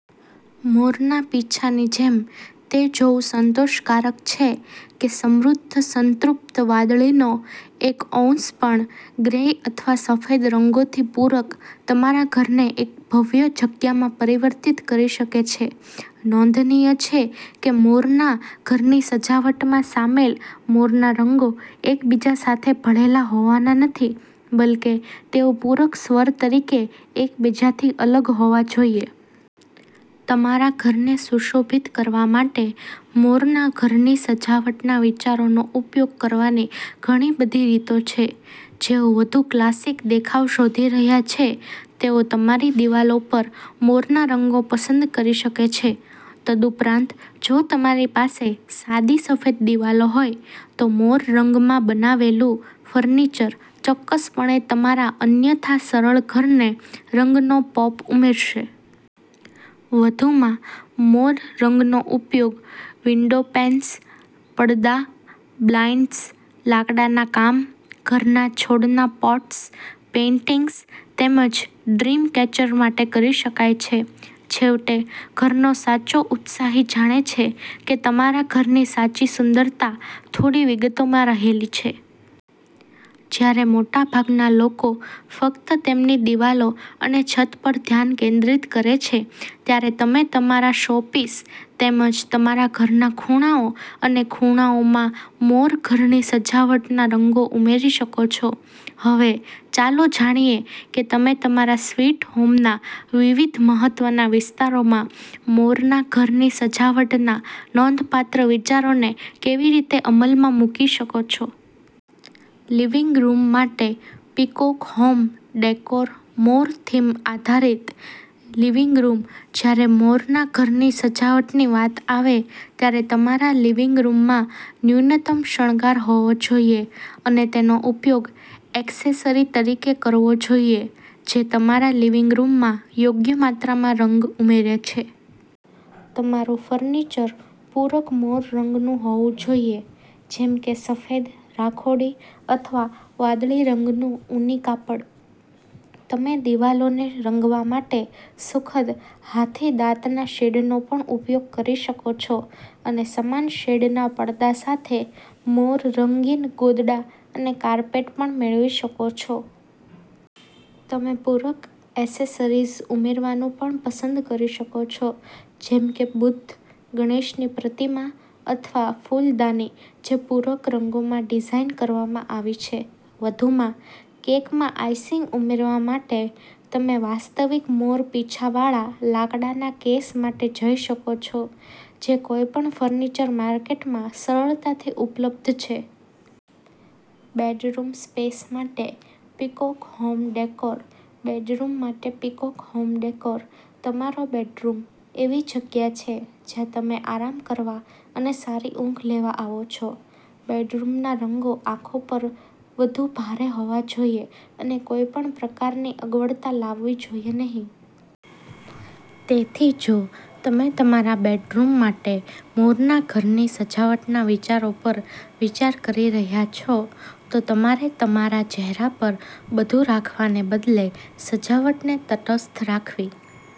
મોરના પીંછાની જેમ, તે જોવું સંતોષકારક છે કે સમૃદ્ધ સંતૃપ્ત વાદળીનો એક ઔંસ પણ, ગ્રે અથવા સફેદ રંગોથી પૂરક તમારા ઘરને એક ભવ્ય જગ્યામાં પરિવર્તિત કરી શકે છે. નોંધનીય છે કે મોરનાં ઘરની સજાવટમાં સામેલ મોરનાં રંગો એકબીજા સાથે ભળેલાં હોવાનાં નથી, બલ્કે, તેઓ પૂરક સ્વર તરીકે એકબીજાથી અલગ હોવા જોઈએ. તમારા ઘરને સુશોભિત કરવા માટે મોરના ઘરની સજાવટના વિચારોનો ઉપયોગ કરવાની ઘણી બધી રીતો છે. જેઓ વધુ ક્લાસિક દેખાવ શોધી રહ્યા છે, તેઓ તમારી દિવાલો પર મોરના રંગો પસંદ કરી શકે છે. તદુપરાંત, જો તમારી પાસે સાદી સફેદ દિવાલો હોય, તો મોર રંગમાં બનાવેલું ફર્નિચર ચોક્કસપણે તમારા અન્યથા સરળ ઘરને રંગનો પોપ ઉમેરશે. વધુમાં, મોર રંગનો ઉપયોગ વિન્ડોપેન્સ, પડદા, બ્લાઇંડ્સ, લાકડાના કામ, ઘરના છોડના પોટ્સ, પેઇન્ટિંગ્સ તેમજ ડ્રીમ કેચર માટે કરી શકાય છે. છેવટે, ઘરનો સાચો ઉત્સાહી જાણે છે કે તમારા ઘરની સાચી સુંદરતા થોડી વિગતોમાં રહેલી છે. જ્યારે મોટાભાગના લોકો ફક્ત તેમની દિવાલો અને છત પર ધ્યાન કેન્દ્રિત કરે છે, ત્યારે તમે તમારા શોપીસ તેમજ તમારા ઘરના ખૂણાઓ અને ખૂણાઓમાં મોર ઘરની સજાવટના રંગો ઉમેરી શકો છો. હવે, ચાલો જાણીએ કે તમે તમારા સ્વીટ હોમના વિવિધ મહત્વના વિસ્તારોમાં મોરનાં ઘરની સજાવટના નોંધપાત્ર વિચારોને કેવી રીતે અમલમાં મૂકી શકો છો. લિવિંગ રૂમ માટે પીકોક હોમ ડેકોર મોર થીમ આધારિત લિવિંગ રૂમ જ્યારે મોરના ઘરની સજાવટની વાત આવે ત્યારે તમારા લિવિંગ રૂમમાં ન્યૂનતમ શણગાર હોવો જોઈએ અને તેનો ઉપયોગ એક્સેસરી તરીકે કરવો જોઈએ જે તમારા લિવિંગ રૂમમાં યોગ્ય માત્રામાં રંગ ઉમેરે છે. તમારું ફર્નિચર પૂરક મોર રંગનું હોવું જોઈએ જેમ કે સફેદ, રાખોડી અથવા વાદળી રંગનું ઊની કાપડ. તમે દિવાલોને રંગવા માટે સુખદ હાથીદાંતના શેડનો પણ ઉપયોગ કરી શકો છો અને સમાન શેડના પડદા સાથે મોર-રંગીન ગોદડા અને કાર્પેટ પણ મેળવી શકો છો. તમે પૂરક એસેસરીઝ ઉમેરવાનું પણ પસંદ કરી શકો છો જેમ કે બુદ્ધ, ગણેશની પ્રતિમા અથવા ફૂલદાની જે પૂરક રંગોમાં ડિઝાઇન કરવામાં આવી છે. વધુમાં, કેકમાં આઈસિંગ ઉમેરવા માટે, તમે વાસ્તવિક મોર પીંછાવાળા લાકડાના કેસ માટે જઈ શકો છો, જે કોઈપણ ફર્નિચર માર્કેટમાં સરળતાથી ઉપલબ્ધ છે. બેડરૂમ સ્પેસ માટે પીકોક હોમ ડેકોર બેડરૂમ માટે પીકોક હોમ ડેકોર તમારો બેડરૂમ એવી જગ્યા છે જ્યાં તમે આરામ કરવા અને સારી ઊંઘ લેવા આવો છો. બેડરૂમના રંગો આંખો પર વધુ ભારે હોવા જોઈએ અને કોઈપણ પ્રકારની અગવડતા લાવવી જોઈએ નહીં. તેથી, જો તમે તમારા બેડરૂમ માટે મોરનાં ઘરની સજાવટનાં વિચારો પર વિચાર કરી રહ્યાં છો, તો તમારે તમારા ચહેરા પર બધું રાખવાને બદલે સજાવટને તટસ્થ રાખવી